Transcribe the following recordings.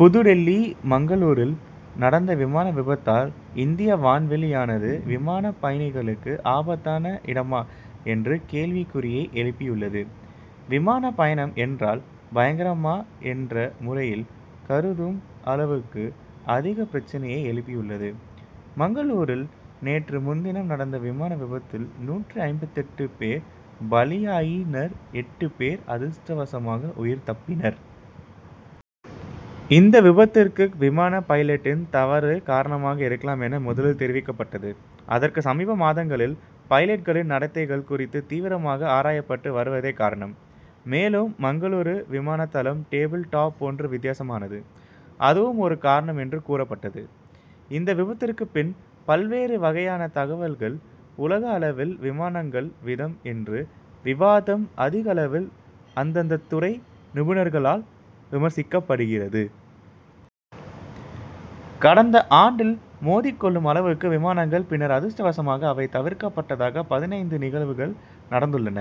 புதுடில்லி மங்களூரில் நடந்த விமான விபத்தால் இந்திய வான்வெளியானது விமானப் பயணிகளுக்கு ஆபத்தான இடமா என்ற கேள்விக்குறியை எழுப்பியுள்ளது. விமானப் பயணம் என்றால் பயங்கரமா என்ற முறையில் கருதும் அளவுக்கு அதிக பிரச்னையை எழுப்பியுள்ளது. மங்களூரில் நேற்று முன்தினம் நடந்த விமான விபத்தில் நூற்று ஐம்பத்தெட்டு பேர் பலியாயினர் எட்டு பேர் அதிர்ஷ்டவசமாக உயிர் தப்பினர். இந்த விபத்திற்கு விமான பைலட்டின் தவறு காரணமாக இருக்கலாம் என முதலில் தெரிவிக்கப்பட்டது. அதற்கு சமீப மாதங்களில் பைலட்களின் நடத்தைகள் குறித்து தீவிரமாக ஆராயப்பட்டு வருவதே காரணம். மேலும் மங்களூரு விமானதளம் டேபிள் டாப் போன்று வித்தியாசமானது அதுவும் ஒரு காரணம் என்று கூறப்பட்டது. இந்த விபத்திற்குப் பின் பல்வேறு வகையான தகவல்கள் உலக அளவில் விமானங்கள் விதம் என்று விவாதம் அதிகளவில் அந்தந்த துறை நிபுணர்களால் விமர்சிக்கப்படுகிறது. கடந்த ஆண்டில் மோதிக் கொள்ளும் அளவுக்கு விமானங்கள் பின்னர் அதிர்ஷ்டவசமாக அவை தவிர்க்கப்பட்டதாக பதினைந்து நிகழ்வுகள் நடந்துள்ளன.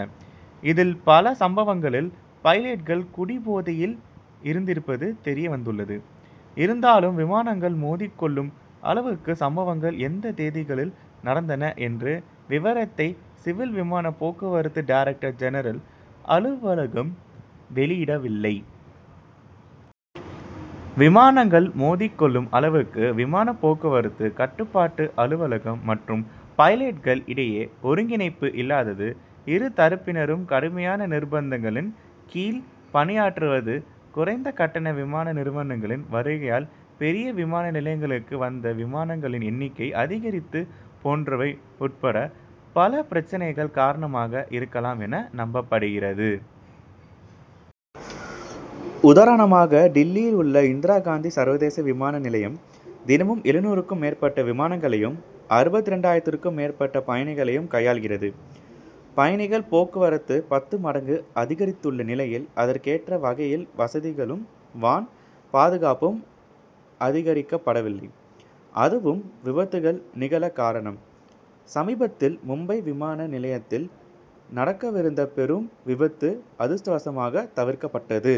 இதில் பல சம்பவங்களில் பைலட்கள் குடிபோதையில் இருந்திருப்பது தெரியவந்துள்ளது. இருந்தாலும் விமானங்கள் மோதிக்கொள்ளும் அளவுக்கு சம்பவங்கள் எந்த தேதிகளில் நடந்தன என்ற விவரத்தை சிவில் விமான போக்குவரத்து டைரக்டர் ஜெனரல் அலுவலகம் வெளியிடவில்லை. விமானங்கள் மோதிக் கொள்ளும் அளவுக்கு விமான போக்குவரத்து கட்டுப்பாட்டு அலுவலகம் மற்றும் பைலட்கள் இடையே ஒருங்கிணைப்பு இல்லாதது இரு தரப்பினரும் கடுமையான நிர்பந்தங்களின் கீழ் பணியாற்றுவது குறைந்த கட்டண விமான நிறுவனங்களின் வருகையால் பெரிய விமான நிலையங்களுக்கு வந்து விமானங்களின் எண்ணிக்கை அதிகரித்தது போன்றவை உட்பட பல பிரச்னைகள் காரணமாக இருக்கலாம் என நம்பப்படுகிறது. உதாரணமாக டில்லியில் உள்ள இந்திரா காந்தி சர்வதேச விமான நிலையம் தினமும் எழுநூறுக்கும் மேற்பட்ட விமானங்களையும் அறுபத்திரண்டாயிரத்திற்கும் மேற்பட்ட பயணிகளையும் கையாள்கிறது. பயணிகள் போக்குவரத்து பத்து மடங்கு அதிகரித்துள்ள நிலையில் அதற்கேற்ற வகையில் வசதிகளும் வான் பாதுகாப்பும் அதிகரிக்கப்படவில்லை. அதுவும் விபத்துகள் நிகழ காரணம். சமீபத்தில் மும்பை விமான நிலையத்தில் நடக்கவிருந்த பெரும் விபத்து அதிர்ஷ்டவசமாக தவிர்க்கப்பட்டது.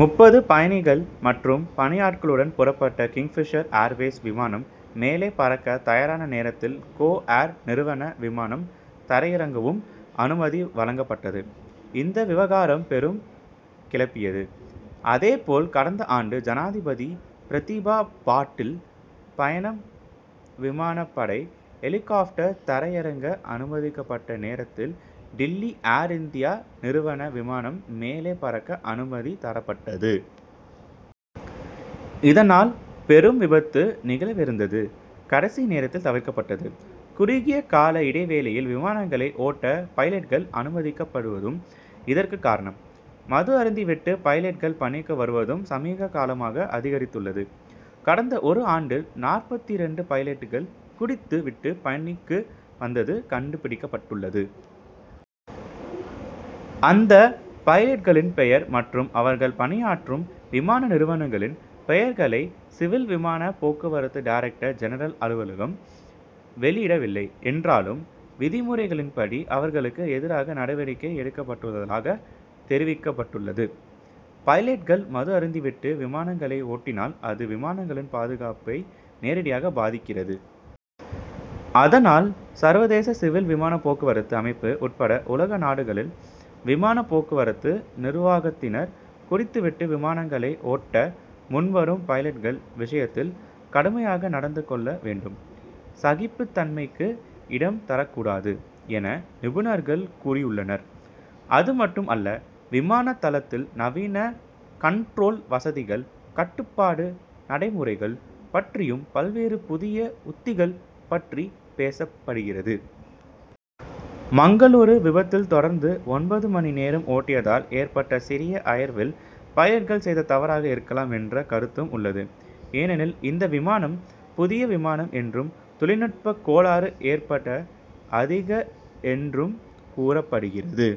முப்பது பயணிகள் மற்றும் பணியாட்களுடன் புறப்பட்ட கிங்பிஷர் ஏர்வேஸ் விமானம் மேலே பறக்க தயாரான நேரத்தில் கோ ஏர் நிறுவன விமானம் தரையிறங்கவும் அனுமதி வழங்கப்பட்டது. இந்த விவகாரம் பெரும் கிளப்பியது. அதே போல் கடந்த ஆண்டு ஜனாதிபதி பிரதிபா பாட்டீல் பயணம் விமானப் படை ஹெலிகாப்டர் தரையிறங்க அனுமதிக்கப்பட்ட நேரத்தில் டில்லி ஏர்-இந்தியா நிறுவன விமானம் மேலே பறக்க அனுமதி தரப்பட்டது. இதனால் பெரும் விபத்து நிகழவிருந்தது கடைசி நேரத்தில் தவிர்க்கப்பட்டது. குறுகிய கால இடைவெளியில் விமானங்களை ஓட்ட பைலட்கள் அனுமதிக்கப்படுவதும் இதற்கு காரணம். மது அருந்தி விட்டு பைலட்கள் பணிக்கு வருவதும் சமீப காலமாக அதிகரித்துள்ளது. கடந்த ஒரு ஆண்டில் நாற்பத்திரண்டு பைலட்கள் குடித்து விட்டு பணிக்கு வந்தது கண்டுபிடிக்கப்பட்டுள்ளது. அந்த பைலட்களின் பெயர் மற்றும் அவர்கள் பணியாற்றும் விமான நிறுவனங்களின் பெயர்களை சிவில் விமானப் போக்குவரத்து டைரக்டர் ஜெனரல் அலுவலகம் வெளியிடவில்லை என்றாலும் விதிமுறைகளின்படி அவர்களுக்கு எதிராக நடவடிக்கை எடுக்கப்பட்டுள்ளதாகத் தெரிவிக்கப்பட்டுள்ளது. பைலட்கள் மது அருந்தி விட்டு விமானங்களை ஓட்டினால் அது விமானங்களின் பாதுகாப்பை நேரடியாக பாதிக்கிறது. அதனால் சர்வதேச சிவில் விமான போக்குவரத்து அமைப்பு உட்பட உலக நாடுகளில் விமான போக்குவரத்து நிர்வாகத்தினர் குடித்து விட்டு விமானங்களை ஓட்ட முன்வரும் பைலட்கள் விஷயத்தில் கடுமையாக நடந்து கொள்ள வேண்டும். சகிப்புத் தன்மைக்கு இடம் தரக்கூடாது என நிபுணர்கள் கூறியுள்ளனர். அது மட்டும் அல்ல விமான தளத்தில் நவீன கன்ட்ரோல் வசதிகள் கட்டுப்பாட்டு நடைமுறைகள் பற்றியும் பல்வேறு புதிய உத்திகள் பற்றி பேசப்படுகிறது. மங்களூரு விபத்தில் தொடர்ந்து ஒன்பது மணி நேரம் ஓட்டியதால் ஏற்பட்ட சிறிய அயர்வில் பைலட்கள் செய்த தவறாக இருக்கலாம் என்ற கருத்தும் உள்ளது. ஏனெனில் இந்த விமானம் புதிய விமானம் என்றும் தொழில்நுட்பக் கோளாறு ஏற்பட அதிக என்றும் கூறப்படுகிறது.